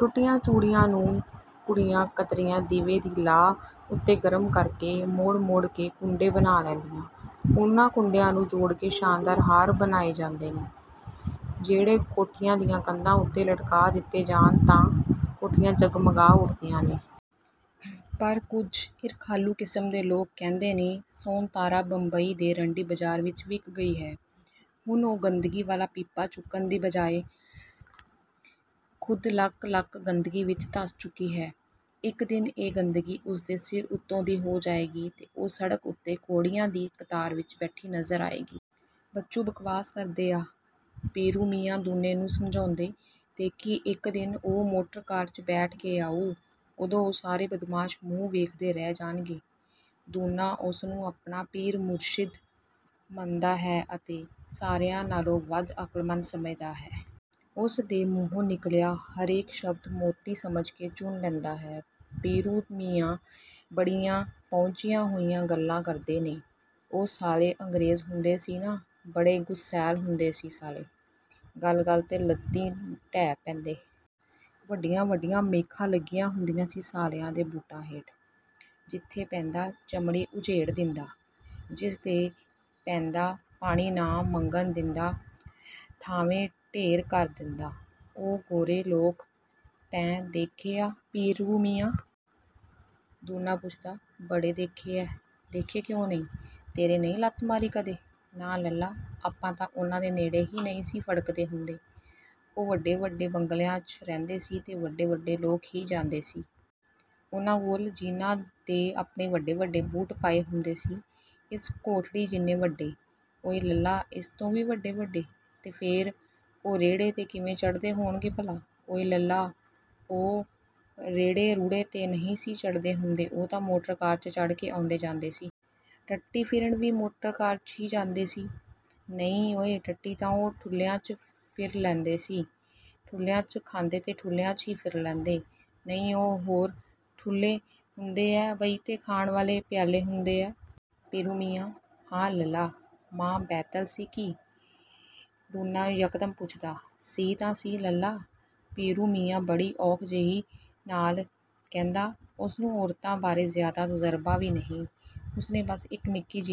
ਟੁੱਟੀਆਂ ਚੂੜੀਆਂ ਨੂੰ ਕੁੜੀਆਂ-ਕਤਰੀਆਂ ਦੀਵੇ ਦੀ ਲਾਅ ਉੱਤੇ ਗਰਮ ਕਰਕੇ, ਮੋੜ-ਮੋੜ ਕੇ ਕੁੰਡੇ ਬਣਾ ਲੈਂਦੀਆਂ। ਉਹਨਾਂ ਕੁੰਡਿਆਂ ਨੂੰ ਜੋੜ ਕੇ ਸ਼ਾਨਦਾਰ ਹਾਰ ਬਣਾਏ ਜਾਂਦੇ ਨੇ, ਜਿਹੜੇ ਕੋਠੀਆਂ ਦੀਆਂ ਕੰਧਾਂ ਉੱਤੇ ਲਟਕਾ ਦਿੱਤੇ ਜਾਣ ਤਾਂ ਕੋਠੀਆਂ ਜਗਮਗਾ ਉੱਠਦੀਆਂ ਨੇ। ਪਰ ਕੁਝ ਈਰਖਾਲੂ ਕਿਸਮ ਦੇ ਲੋਕ ਕਹਿੰਦੇ ਨੇ, ਸੋਨਤਾਰਾ ਬੰਬਈ ਦੇ ਰੰਡੀ-ਬਾਜ਼ਾਰ ਵਿੱਚ ਵਿਕ ਗਈ ਹੈ। ਹੁਣ ਉਹ ਗੰਦਗੀ ਵਾਲਾ ਪੀਪਾ ਚੁੱਕਣ ਦੀ ਬਜਾਏ ਖੁਦ ਲੱਕ-ਲੱਕ ਗੰਦਗੀ ਵਿੱਚ ਧਸ ਚੁੱਕੀ ਹੈ। ਇੱਕ ਦਿਨ ਇਹ ਗੰਦਗੀ ਉਸਦੇ ਸਿਰ ਉੱਤੋਂ ਦੀ ਹੋ ਜਾਏਗੀ, ਉਹ ਸੜਕ ਉੱਤੇ ਕੋਹੜੀਆਂ ਦੀ ਕਤਾਰ ਵਿੱਚ ਬੈਠੀ ਨਜ਼ਰ ਆਏਗੀ। "ਬੱਚੂ, ਬਕਵਾਸ ਕਰਦੇ ਆ," ਪੀਰੂ ਮੀਆਂ ਦੂਣੇ ਨੂੰ ਸਮਝਾਉਂਦੇ, "ਦੇਖੀਂ ਇੱਕ ਦਿਨ ਉਹ ਮੋਟਰਕਾਰ 'ਚ ਬੈਠ ਕੇ ਆਊ, ਉਦੋਂ ਉਹ ਸਾਰੇ ਬਦਮਾਸ਼ ਮੂੰਹ ਵੇਖਦੇ ਰਹਿ ਜਾਣਗੇ।" ਦੂਣਾ ਉਸਨੂੰ ਆਪਣਾ ਪੀਰ-ਮੁਰਸ਼ਿਦ ਮੰਨਦਾ ਹੈ ਅਤੇ ਸਾਰਿਆਂ ਨਾਲੋਂ ਵੱਧ ਅਕਲਮੰਦ ਸਮਝਦਾ ਹੈ। ਉਸਦੇ ਮੂੰਹੋਂ ਨਿਕਲਿਆ ਹਰੇਕ ਸ਼ਬਦ ਮੋਤੀ ਸਮਝ ਕੇ ਚੁਣ ਲੈਂਦਾ ਹੈ। ਪੀਰੂ ਮੀਆਂ ਬੜੀਆਂ ਪਹੁੰਚੀਆਂ ਹੋਈਆਂ ਗੱਲਾਂ ਕਰਦੇ ਨੇ"ਉਹ ਸਾਲੇ ਅੰਗਰੇਜ਼ ਹੁੰਦੇ ਸੀ ਨਾ, ਬੜੇ ਗੁਸੈਲ ਹੁੰਦੇ ਸੀ ਸਾਲੇ। ਗੱਲ-ਗੱਲ 'ਤੇ ਲੱਤੀਂ ਡਹਿ ਪੈਂਦੇ। ਵੱਡੀਆਂ-ਵੱਡੀਆਂ ਮੇਖਾਂ ਲੱਗੀਆਂ ਹੁੰਦੀਆਂ ਸੀ ਸਾਲਿਆਂ ਦੇ ਬੂਟਾਂ ਹੇਠ; ਜਿੱਥੇ ਪੈਂਦਾ, ਚਮੜੀ ਉਚੇੜ ਦਿੰਦਾ। ਜਿਸ ਦੇ ਪੈਂਦਾ, ਪਾਣੀ ਨਾ ਮੰਗਣ ਦਿੰਦਾ ਥਾਂਵੇਂ ਢੇਰ ਕਰ ਦਿੰਦਾ।" "ਉਹ ਗੋਰੇ ਲੋਕ ਤੈਂ ਦੇਖੇ ਆ ਪੀਰੂ ਮੀਆਂ?" ਦੂਣਾ ਪੁੱਛਦਾ। "ਬੜੇ ਦੇਖੇ ਐ। ਦੇਖੇ ਕਿਉਂ ਨਹੀਂ।" "ਤੇਰੇ ਨਹੀਂ ਲੱਤ ਮਾਰੀ ਕਦੇ?" "ਨਾ ਲੱਲਾ, ਆਪਾਂ ਤਾਂ ਉਹਨਾਂ ਦੇ ਨੇੜੇ ਹੀ ਨਹੀਂ ਸੀ ਫੜਕਦੇ ਹੁੰਦੇ! ਉਹ ਵੱਡੇ-ਵੱਡੇ ਬੰਗਲਿਆਂ 'ਚ ਰਹਿੰਦੇ ਸੀ ਤੇ ਵੱਡੇ-ਵੱਡੇ ਲੋਕ ਹੀ ਜਾਂਦੇ ਸੀ। ਉਹਨਾਂ ਕੋਲ ਜਿਹਨਾਂ ਦੇ ਆਪਣੇ ਵੱਡੇ-ਵੱਡੇ ਬੂਟ ਪਾਏ ਹੁੰਦੇ ਸੀ।" "ਇਸ ਕੋਠੜੀ ਜਿੰਨੇ ਵੱਡੇ?" "ਓਏ ਲੱਲਾ, ਇਸ ਤੋਂ ਵੀ ਵੱਡੇ-ਵੱਡੇ।" "ਤੇ ਫਿਰ ਉਹ ਰੇੜ੍ਹੇ 'ਤੇ ਕਿਵੇਂ ਚੜ੍ਹਦੇ ਹੋਣਗੇ ਭਲਾ?" "ਓਇ ਲੱਲਾ, ਉਹ ਰੇੜ੍ਹੇ-ਰੂੜ੍ਹੇ 'ਤੇ ਨਹੀਂ ਸੀ ਚੜ੍ਹਦੇ ਹੁੰਦੇ ਉਹ ਤਾਂ ਮੋਟਰਕਾਰ 'ਚ ਚੜ੍ਹ ਕੇ ਆਉਂਦੇ-ਜਾਂਦੇ ਸੀ।" "ਟੱਟੀ ਫਿਰਨ ਵੀ ਮੋਟਰਕਾਰ 'ਚ ਹੀ ਜਾਂਦੇ ਸੀ?" "ਨਹੀਂ ਓਏ, ਟੱਟੀ ਤਾਂ ਉਹ ਠੁੱਲ੍ਹਿਆਂ 'ਚ ਫਿਰ ਲੈਂਦੇ ਸੀ" "ਠੁੱਲ੍ਹਿਆਂ 'ਚ ਖਾਂਦੇ ਤੇ ਠੁੱਲ੍ਹਿਆਂ 'ਚ ਹੀ ਫਿਰ ਲੈਂਦੇ?" "ਨਹੀਂ ਉਹ ਹੋਰ ਠੁੱਲ੍ਹੇ ਹੁੰਦੇ ਐ ਬਈ ਤੇ ਖਾਣ ਵਾਲੇ ਪਿਆਲੇ ਹੁੰਦੇ ਐ।" "ਪੀਰੂ ਮੀਆਂ?" "ਹਾਂ ਲੱਲਾ।" "ਮਾਂ ਬੈਤਲ ਸੀ ਕਿ?" ਦੂਣਾ ਯੱਕਦਮ ਪੁੱਛਦਾ। "ਸੀ-ਤਾਂ-ਸੀ, ਲੱਲਾ।" ਪੀਰੂ ਮੀਆਂ ਬੜੀ ਔਖ ਜਿਹੀ ਨਾਲ ਕਹਿੰਦਾ। ਉਸਨੂੰ ਔਰਤਾਂ ਬਾਰੇ ਜ਼ਿਆਦਾ ਤਜ਼ਰਬਾ ਵੀ ਨਹੀਂ, ਉਸਨੇ ਬਸ ਇੱਕ ਨਿੱਕੀ ਜਿਹੀ।